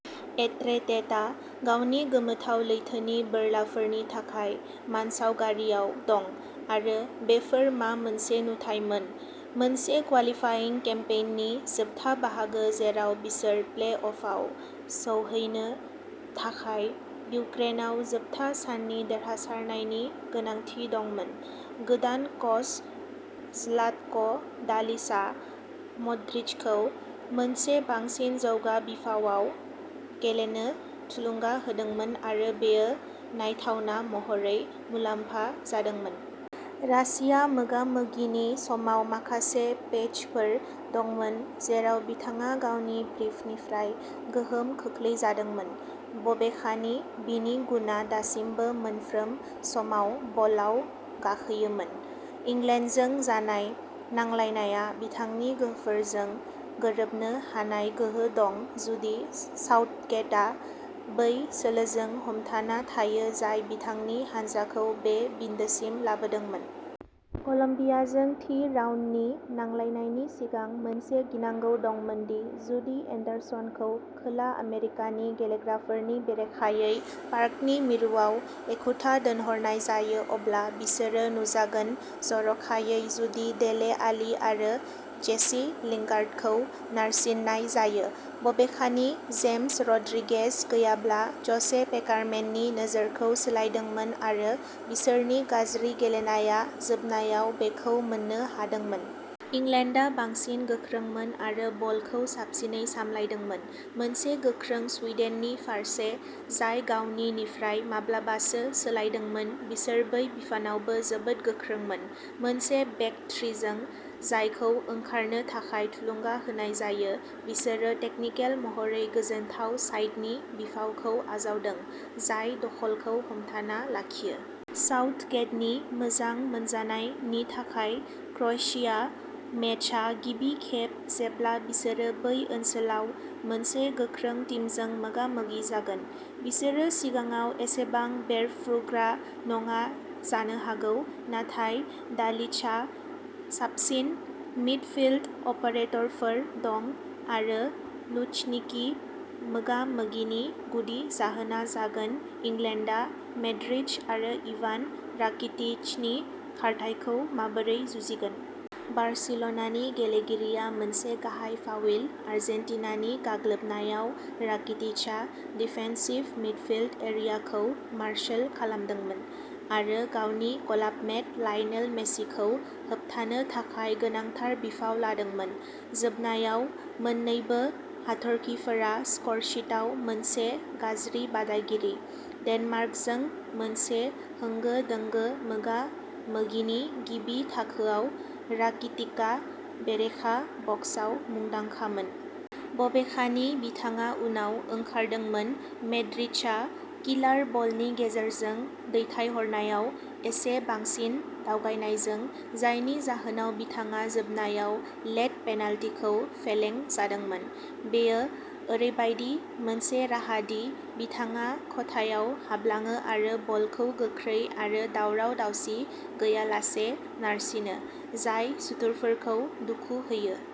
एट्रेटेटआ गावनि गोमोथाव लैथोनि बोरलाफोरनि थाखाय मानसावगारियाव दं, आरो बेफोर मा मोनसे नुथायमोन! मोनसे क्वालिफाइं केम्पेइननि जोबथा बाहागो जेराव बिसोर प्ले-अफआव सौहैनो थाखाय इउक्रेनाव जोबथा साननि देरहासारनायनि गोनांथि दंमोन, गोदान कच ज्लाटक'डालिचआ मद्रिचखौ मोनसे बांसिन जौगा बिफावआव गेलेनो थुलुंगा होदोंमोन आरो बेयो नायथावना महरै मुलाम्फा जादोंमोन। रासिया मोगा-मोगिनि समाव माखासे पैचफोर दंमोन जेराव बिथाङा गावनि ब्रिफनिफ्राय गोहोम खोख्लैजादोंमोन, बबेखानि बिनि गुनआ दासिमबो मोनफ्रोम समाव बलआव गाखोयोमोन। इंलेन्डजों जानाय नांलायनाया बिथांनि गोहोफोरजों गोरोबनो हानाय गोहो दं जुदि साउथगेटआ बै सोलोजों हमथाना थायो जाय बिथांनि हानजाखौ बे बिन्दोसिम लाबोदोंमोन। कलम्बियाजों थि राउन्डनि नांलायनायनि सिगां, मोनसे गिनांगौ दंमोन दि जुदि हेन्डरसनखौ खोला आमेरिकानि गेलेग्राफोरनि बेरेखायै पार्कनि मिरुआव एखुथा दोनहरनाय जायो अब्ला बिसोरो नुजागोन-जर'खायै जुदि डेले आलि आरो जेसि लिंगार्डखौ नारसिननाय जायो। बबेखानि, जेम्स रड्रिगेज गैयाब्ला ज'से पेकारमेननि नोजोरखौ सोलायदोंमोन आरो बिसोरनि गाज्रि गेलेनाया जोबनायाव बेखौ मोन्नो हादोंमोन। इंलेन्डआ बांसिन गोख्रोंमोन आरो बलखौ साबसिनै सामलायदोंमोन। मोनसे गोख्रों सुइडेननि फारसे, जाय गावनि - निफ्राय माब्लाबासो सोलायदोंमोन, बिसोर बै बिफानावबो जोबोद गोख्रोंमोन। मोनसे बेक थ्रिजों, जायखौ ओंखारनो थाखाय थुलुंगा होनाय जायो, बिसोरो टेकनिकेल महरै गोजोनथाव साइडनि बिफावखौ आजावदों, जाय दखलखौ हमथाना लाखियो। साउथगेटनि मोजां मोनजानाय नि थाखाय, क्र'येशिया मेचआ गिबि खेब, जेब्ला बिसोरो बै ओनसोलाव मोनसे गोख्रों टीमजों मोगा-मोगि जागोन। बिसोरो सिगाङाव एसेबां बेरफ्रुग्रा नङा जानो हागौ, नाथाय डालिचहा साबसिन मिडफील्ड अपारेटरफोर दं आरो लुझनिकि मोगा-मोगिनि गुदि जाहोना जागोन इंलेन्डआ मड्रिच आरो इभान राकिटिचनि खारथाइखौ माबोरै जुजिगोन। बार्सिल'नानि गेलेगिरिया मोनसे गाहाय फाविल। आर्जेन्टिनानि गाग्लोबनायाव, राकिटिचआ डिफेन्सिभ मिडफील्ड एरियाखौ मार्शोल खालामदोंमोन आरो गावनि क्लाबमेट लायनेल मेसिखौ होबथानो थाखाय गोनांथार बिफाव लादोंमोन। जोबनायाव, मोन्नैबो हाथरखिफोरा स्करशीटआव मोनसे गाज्रि बादायगिरि। डेनमार्कजों मोनसे होंगो-दोंगो मोगा-मोगिनि गिबि थाखोआव, राकिटिकआ बेरेखा बक्सआव मुंदांखामोन। बबेखानि, बिथाङा उनाव ओंखारदोंमोन, मड्रिचआ किलार बलनि गेजेरजों दैथायहरनायाव एसे बांसिन दावगानायजों, जायनि जाहोनाव बिथाङा जोबनायाव लेट पेनाल्टिखौ फेलें जादोंमोन। बेयो ओरैबायदि मोनसे राहा दि बिथाङा खथायाव हाबलाङो आरो बलखौ गोख्रै आरो दावराव-दावसि गैयालासे नारसिनो, जाय सुथुरफोरखौ दुखु होयो।